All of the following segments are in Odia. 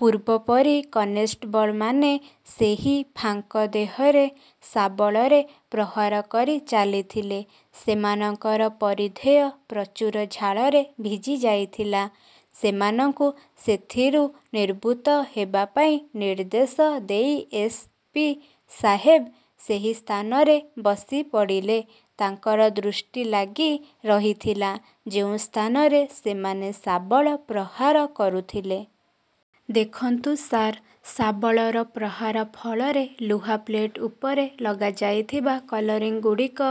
ପୂର୍ବ ପରି କନେଷ୍ଟବଳମାନେ ସେହି ଫାଙ୍କ ଦେହରେ ଶାବଳରେ ପ୍ରହାର କରି ଚାଲିଥିଲେ। ସେମାନଙ୍କର ପରିଧେୟ ପ୍ରଚୁର ଝାଳରେ ଭିଜି ଯାଇଥିଲା। ସେମାନଙ୍କୁ ସେଥିରୁ ନିବୃତ୍ତ ହେବା ପାଇଁ ନିର୍ଦ୍ଦେଶ ଦେଇ ଏସ୍. ପି. ସାହେବ ସେହି ସ୍ଥାନରେ ବସିପଡ଼ିଲେ। ତାଙ୍କର ଦୃଷ୍ଟି ଲାଗି ରହିଥିଲା, ଯେଉଁ ସ୍ଥାନରେ ସେମାନେ ଶାବଳ ପ୍ରହାର କରୁଥିଲେ। ଦେଖନ୍ତୁ ସାର, ଶାବଳର ପ୍ରହାର ଫଳରେ ଲୁହା ପ୍ଲେଟ୍ ଉପରେ ଲଗାଯାଇଥିବା କଲରିଂଗୁଡ଼ିକ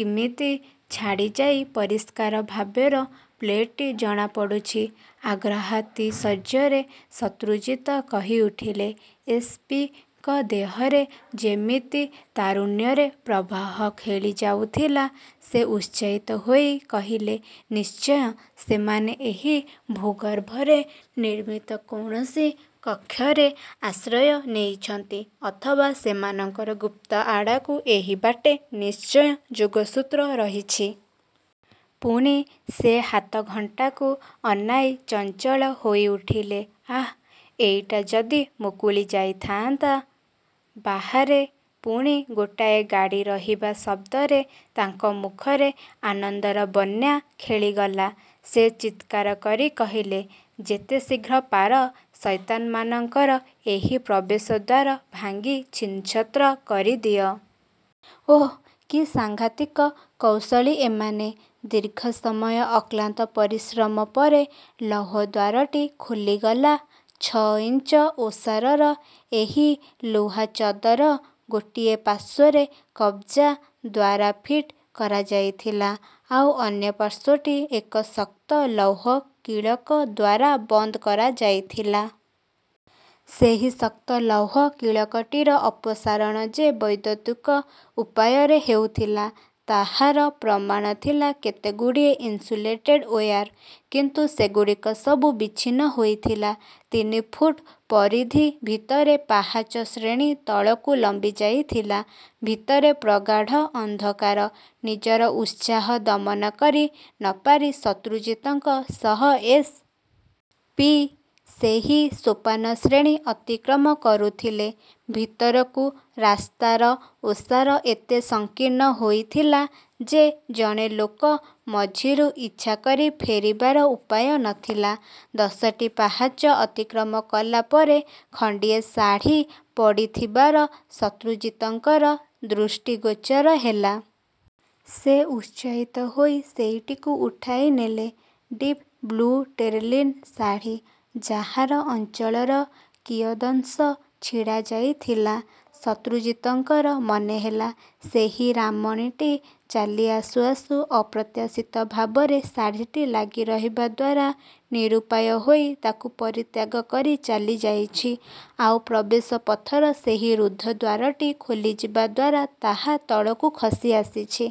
କିମିତି ଛାଡ଼ିଯାଇ ପରିଷ୍କାର ଭାବେର ପ୍ଲେଟଟି ଜଣାପଡ଼ୁଛି। ଆଗ୍ରହାତିଶଯ୍ୟରେ ଶତ୍ରୁଜିତ କହିଉଠିଲେ। ଏସ୍. ପି. ଙ୍କ ଦେହରେ ଯେମିତି ତାରୁଣ୍ୟରେ ପ୍ରବାହ ଖେଳି ଯାଉଥିଲା। ସେ ଉତ୍ସାହିତ ହୋଇ କହିଲେ-ନିଶ୍ଚୟ ସେମାନେ ଏହି ଭୂଗର୍ଭରେ ନିର୍ମିତ କୌଣସି କକ୍ଷରେ ଆଶ୍ରୟ ନେଇଛନ୍ତି; ଅଥବା ସେମାନଙ୍କର ଗୁପ୍ତ ଆଡ୍ଡାକୁ ଏହି ବାଟେ ନିଶ୍ଟୟ ଯୋଗସୂତ୍ର ରହିଛି। ପୁଣି ସେ ହାତଘଣ୍ଟାକୁ ଅନାଇ ଚଞ୍ଚଳ ହୋଇଉଠିଲେ। ଆଃ, ଏଇଟା ଯଦି ମୁକୁଳି ଯାଇ ଥାଆନ୍ତା। ବାହାରେ ପୁଣି ଗୋଟାଏ ଗାଡ଼ି ରହିବା ଶବ୍ଦରେ ତାଙ୍କ ମୁଖରେ ଆନନ୍ଦର ବନ୍ୟା ଖେଳିଗଲା। ସେ ଚିତ୍କାର କରି କହିଲେ-ଯେତେ ଶୀଘ୍ର ପାର ସୈତାନମାନଙ୍କର ଏହି ପ୍ରବେଶ ଦ୍ୱାର ଭାଙ୍ଗି ଛିନ୍ନଛତ୍ର କରିଦିଅ। ଓଃ, କି ସାଙ୍ଘାତିକ କୌଶଳୀ ଏମାନେ। ଦୀର୍ଘ ସମୟ ଅକ୍ଳାନ୍ତ ପରିଶ୍ରମ ପରେ ଲୌହ ଦ୍ୱାରଟି ଖୋଲିଗଲା ଛ' ଇଞ୍ଚ ଓସାରର ଏହି ଲୁହା ଚଦର ଗୋଟିଏ ପାର୍ଶ୍ୱରେ କବଜା ଦ୍ୱାରା ଫିଟ୍ କରାଯାଇଥିଲା। ଆଉ ଅନ୍ୟ ପାର୍ଶ୍ୱଟି ଏକ ଶକ୍ତ ଲୌହ କିଳକ ଦ୍ୱାରା ବନ୍ଦ କରାଯାଇଥିଲା। ସେହି ଶକ୍ତ ଲୌହ କିଳକଟିର ଅପସାରଣ ଯେ ବୈଦ୍ୟୁତିକ ଉପାୟରେ ହେଉଥିଲା, ତାହାର ପ୍ରମାଣ ଥିଲା କେତେଗୁଡ଼ିଏ ଇନସୁଲେଟେଡ୍ ଓୟାର୍। କିନ୍ତୁ ସେଗୁଡ଼ିକ ସବୁ ବିଚ୍ଛିନ୍ନ ହୋଇଥିଲା। ତିନି ଫୁଟ୍ ପରିଧି ଭିତରେ ପାହାଚଶ୍ରେଣୀ ତଳକୁ ଲମ୍ବି ଯାଇଥିଲା। ଭିତରେ ପ୍ରଗାଢ଼ ଅନ୍ଧକାର। ନିଜର ଉତ୍ସାହ ଦମନ କରି ନ ପାରି ଶତ୍ରୁଜିତଙ୍କ ସହ ଏସ୍. ପି. ସେହି ସୋପାନଶ୍ରେଣୀ ଅତିକ୍ରମ କରୁଥିଲେ। ଭିତରକୁ ରାସ୍ତାର ଓସାର ଏତେ ସଂକୀର୍ଣ୍ଣ ହୋଇଥିଲା ଯେ, ଜଣେ ଲୋକ ମଝିରୁ ଇଚ୍ଛା କରି ଫେରିବାର ଉପାୟ ନ ଥିଲା। ଦଶଟି ପାହାଚ ଅତିକ୍ରମ କଲା ପରେ ଖଣ୍ଡିଏ ଶାଢ଼ି ପଡ଼ିଥିବାର ଶତ୍ରୁଜିତଙ୍କର ଦୃଷ୍ଟି ଗୋଚର ହେଲା। ସେ ଉତ୍ସାହିତ ହୋଇ ସେଇଟିକୁ ଉଠାଇ ନେଲେ। ଡିପ୍-ବ୍ଲୁ ଟେରେଲିନ୍ ଶାଢ଼ି-ଯାହାର ଅଞ୍ଚଳର କିୟଦଂଶ ଛିଡ଼ା ଯାଇଥିଲା। ଶତ୍ରୁଜିତଙ୍କର ମନେହେଲା, ସେହି ରାମଣୀଟି ଚାଲି ଆସୁ ଆସୁ ଅପ୍ରତ୍ୟାଶିତ ଭାବରେ ଶାଢ଼ିଟି ଲାଗି ରହିବା ଦ୍ୱାରା ନିରୁପାୟ ହୋଇ ତାକୁ ପରିତ୍ୟାଗ କରି ଚାଲିଯାଇଛି। ଆଉ ପ୍ରବେଶ ପଥର ସେହି ରୁଦ୍ଧ ଦ୍ୱାରଟି ଖୋଲିଯିବା ଦ୍ୱାରା ତାହା ତଳକୁ ଖସି ଆସିଛି।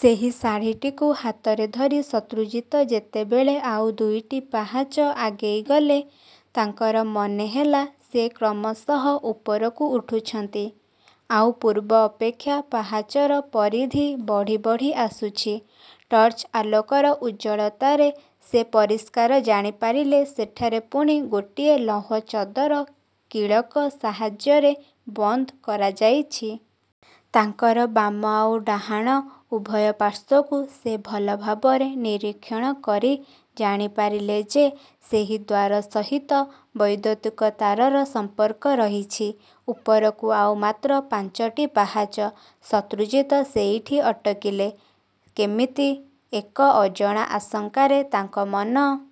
ସେହି ଶାଢ଼ିଟିକୁ ହାତରେ ଧରି ଶତ୍ରୁଜିତ ଯେତେବେଳେ ଆଉ ଦୁଇଟି ପାହାଚ ଆଗେଇ ଗଲେ, ତାଙ୍କର ମନେହେଲା, ସେ କ୍ରମଶଃ ଉପରକୁ ଉଠୁଛନ୍ତି। ଆଉ ପୂର୍ବ ଅପେକ୍ଷା ପାହାଚର ପରିଧି ବଢ଼ି ବଢ଼ି ଆସୁଛି। ଟର୍ଚ୍ଚ ଆଲୋକର ଉଜ୍ଜ୍ୱଳତାରେ ସେ ପରିଷ୍କାର ଜାଣିପାରିଲେ ସେଠାରେ ପୁଣି ଗୋଟିଏ ଲୌହ ଚଦର କିଳକ ସାହାଯ୍ୟରେ ବନ୍ଦ କରାଯାଇଛି। ତାଙ୍କର ବାମ ଆଉ ଡାହାଣ ଉଭୟ ପାର୍ଶ୍ୱକୁ ସେ ଭଲ ଭାବରେ ନିରୀକ୍ଷଣ କରି ଜାଣିପାରିଲେ ଯେ, ସେହି ଦ୍ୱାର ସହିତ ବୈଦ୍ୟୁତିକ ତାରର ସମ୍ପର୍କ ରହିଛି। ଉପରକୁ ଆଉ ମାତ୍ର ପାଞ୍ଚଟି ପାହାଚ। ଶତ୍ରୁଜିତ ସେଇଠି ଅଟକିଲେ। କେମିତି ଏକ ଅଜଣା ଆଶଙ୍କାରେ ତାଙ୍କ ମନ